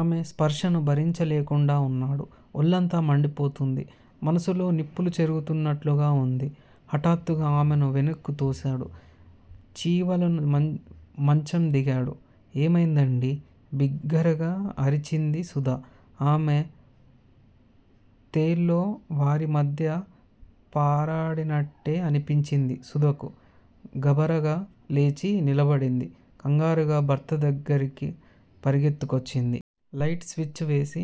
ఆమె స్పర్శను భరించలేకుండా ఉన్నాడు. ఒళ్ళంతా మండిపోతుంది. మనసులో నిప్పులు చెరుగుతున్నట్టుగా వుంది. హఠాత్తుగా ఆమెను వెనక్కు తోశాడు. చివాలున మంచం దిగాడు. ఏమైందండీ? బిగ్గరగా అరిచింది సుధ. పామో, తేలో వారిమధ్య పారాడినట్టే అనిపించింది సుధకు. గాభరాగా లేచి నిలబడింది. కంగారుగ భర్త దగ్గిరకు పరిగెత్తుకొచ్చింది. లైట్ స్విచ్ వేసి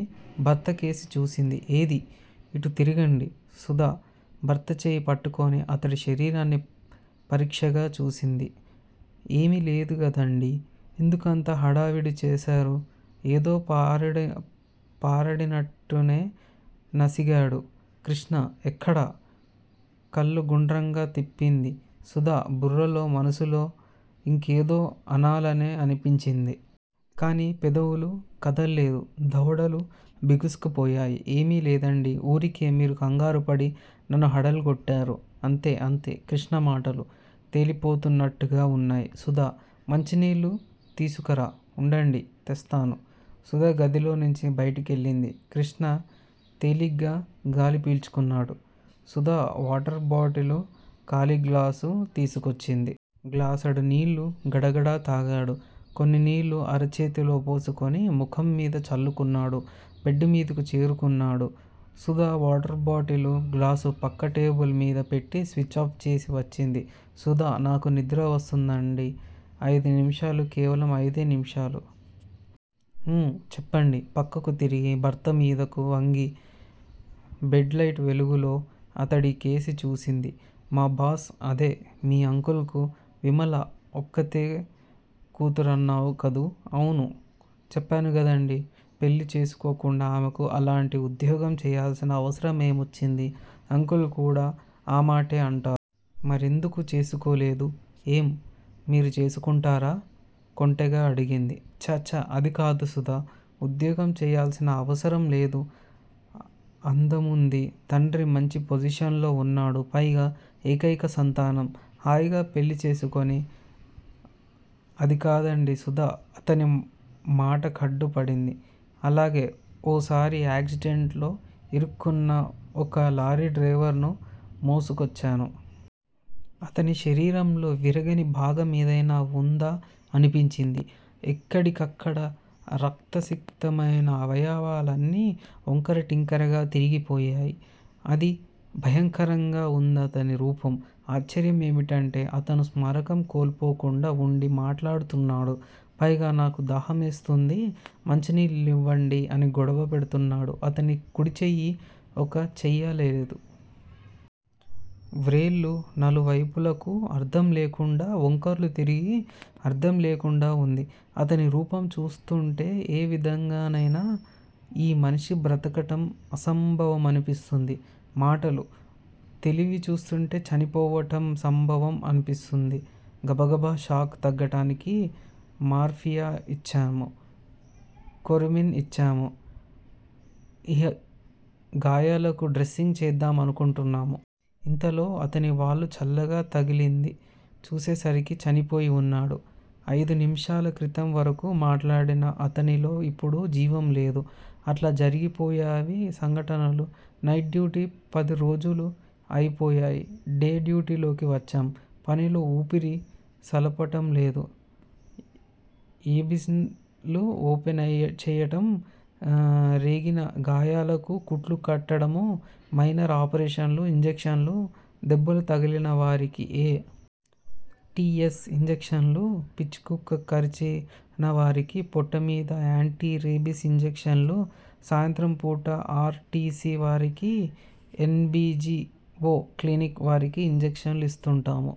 భర్తకేసి చూసింది. ఏదీ! ఇటు తిరగండీ! సుధ భర్తచెయ్యి పట్టుకొని అతడి శరీరాన్ని పరీక్షగ చూసింది. ఏమీ లేదుగదండీ? ఎందుకంత హడావిడి చేశారూ? ఏదో పారాడినట్టుంటేనూ నసిగాడు కృష్ణ. ఎక్కడా? కళ్ళు గుండ్రంగా తిప్పింది సుధ. బుర్రలో, మనసులో ఇంకేదో అనాలనే అనిపించింది. కాని పెదవులు కదల్లేదు. దవడలు బిగుసుకుపోయాయి. ఏమీ లేదండి. ఊరికే మీరు కంగారుపడి నన్ను హడల్ గొట్టారు. అంతే! అంతే! కృష్ణ మాటలు తేలిపోతున్నట్టుగా వున్నాయి. సుధా! మంచినీళ్ళు తీసుకురా. ఉండండి! తెస్తాను! సుధ గదిలో నుంచి బయటికెళ్ళింది. కృష్ణ తేలిగ్గా గాలిపీల్చుకున్నాడు. సుధ వాటర్ బాటిలూ, ఖాళీగ్లాసూ తీసుకొచ్చింది. గ్లాసుడు నీళ్ళు గడగడ తాగాడు. కొన్ని నీళ్ళు అరచేతిలో పోసుకొని ముఖంమీద చల్లుకున్నాడు. బెడ్ మీదకు చేరుకున్నాడు. సుధ వాటర్ బాటిలూ, గ్లాసూ పక్క టేబుల్ మీద పెట్టి స్విచ్ ఆఫ్ చేసి వచ్చింది. సుధా! నాకు నిద్ర వస్తోందండీ! ఐదు నిమిషాలు. కేవలం ఐదు నిమిషాలు. ఊ చెప్పండి పక్కకు తిరిగి భర్త మీదకు వంగి, బెడ్ లైట్ వెలుగులో అతడికేసి చూసింది. మా బాస్ అదే మీ అంకుల్ కు విమల ఒక్కర్తె కూతురన్నావు గదూ? అవును. చెప్పానుగదండీ! పెళ్ళి చేసుకోకుండా ఆమెకు అలాంటి ఉద్యోగం చెయ్యాల్సిన అవసరం ఏమొచ్చిందీ? అంకుల్ కూడా ఆమాటే అంటారు. మరెందుకు చేసుకోలేదూ? ఏం? మీరు చేసుకుంటారా? కొంటెగా అడిగింది. ఛ! ఛ! అదికాదు సుధా. ఉద్యోగం చెయ్యాల్సిన అవసరంలేదు. అందముంది. తండ్రి మంచి పొజిషన్ లో వున్నాడు. పైగా ఏకైక సంతానం. హాయిగా పెళ్ళిచేసికొని అదికాదండి సుధ అతని మాటకడ్డు పడింది. అలాగే ఓ సారి యాక్సిడెంట్ లో ఇరుక్కున్న ఒక లారీ డ్రైవర్ ను మోసుకొచ్చాను. అతని శరీరంలో విరగని భాగం ఏదయినా వుందా అనిపించింది. ఎక్కడికక్కడ రక్తసిక్తమైన అవయవాలన్నీ వొంకరటింకరగా తిరిగిపోయి, అతి భయంకరంగా వుందతని రూపం. ఆశ్చర్యమేమిటంటే అతను స్మారకం కోల్పోకుండా వుండి మాట్లాడుతున్నాడు. పైగా, నాకు దాహమేస్తోంది. మంచినీళ్ళివ్వండి అని గొడవ పెడుతున్నాడు. అతని కుడిచెయ్యి ఒక చెయ్యిలాలేదు. వ్రేళ్ళు నలువైపులకూ అర్ధం లేకుండా, వొంకర్లు తిరిగి అర్ధం లేకుండా వుంది. అతని రూపం చూస్తుంటే ఏవిధంగానైనా యీ మనిషి బ్రతకటం అసంభవమనిపిస్తోంది. మాటలు, తెలివి చూస్తుంటే చనిపోవటం సంభవం అనిపిస్తోంది. గబగబ షాక్ తగ్గటానికి మార్ఫియా ఇచ్చాము. కోరమిన్ ఇచ్చాము. ఇహ గాయాలకు డ్రెస్సింగ్ చేద్దామనుకుంటున్నాము. ఇంతలో అతని వళ్ళు చల్లగా తగిలింది. చూసేసరికి చనిపోయి వున్నాడు. అయిదు నిమిషాల క్రితం వరకూ మాట్లాడిన అతనిలో ఇప్పుడు జీవంలేదు. అట్లా జరిగిపోయేవి సంఘటనలు. నైట్ డ్యూటీ పదిరోజులూ అయిపోయాయి. డే డ్యూటీలోకి వచ్చాం. పనిలో ఊపిరి సలపటంలేదు. యాబ్సిన్ ల ఓపెన్ చెయ్యటం రేగిన గాయాలకు కుట్లు కుట్టడం, మైనర్ ఆపరేషన్లు, ఇంజక్షన్లు దెబ్బలు తగిలిన వారికి ఎ. టి. ఎస్. ఇంజక్షన్లు, పిచ్చికుక్క కరిచినవారికి పొట్టమీద యాంటీ రేబిస్ ఇంజక్షన్లు, సాయంత్రంపూట ఆర్. టి. సి. వారికీ, N. B. G. O clinic వారికి ఇంజక్షన్లూ ఇస్తుంటాము.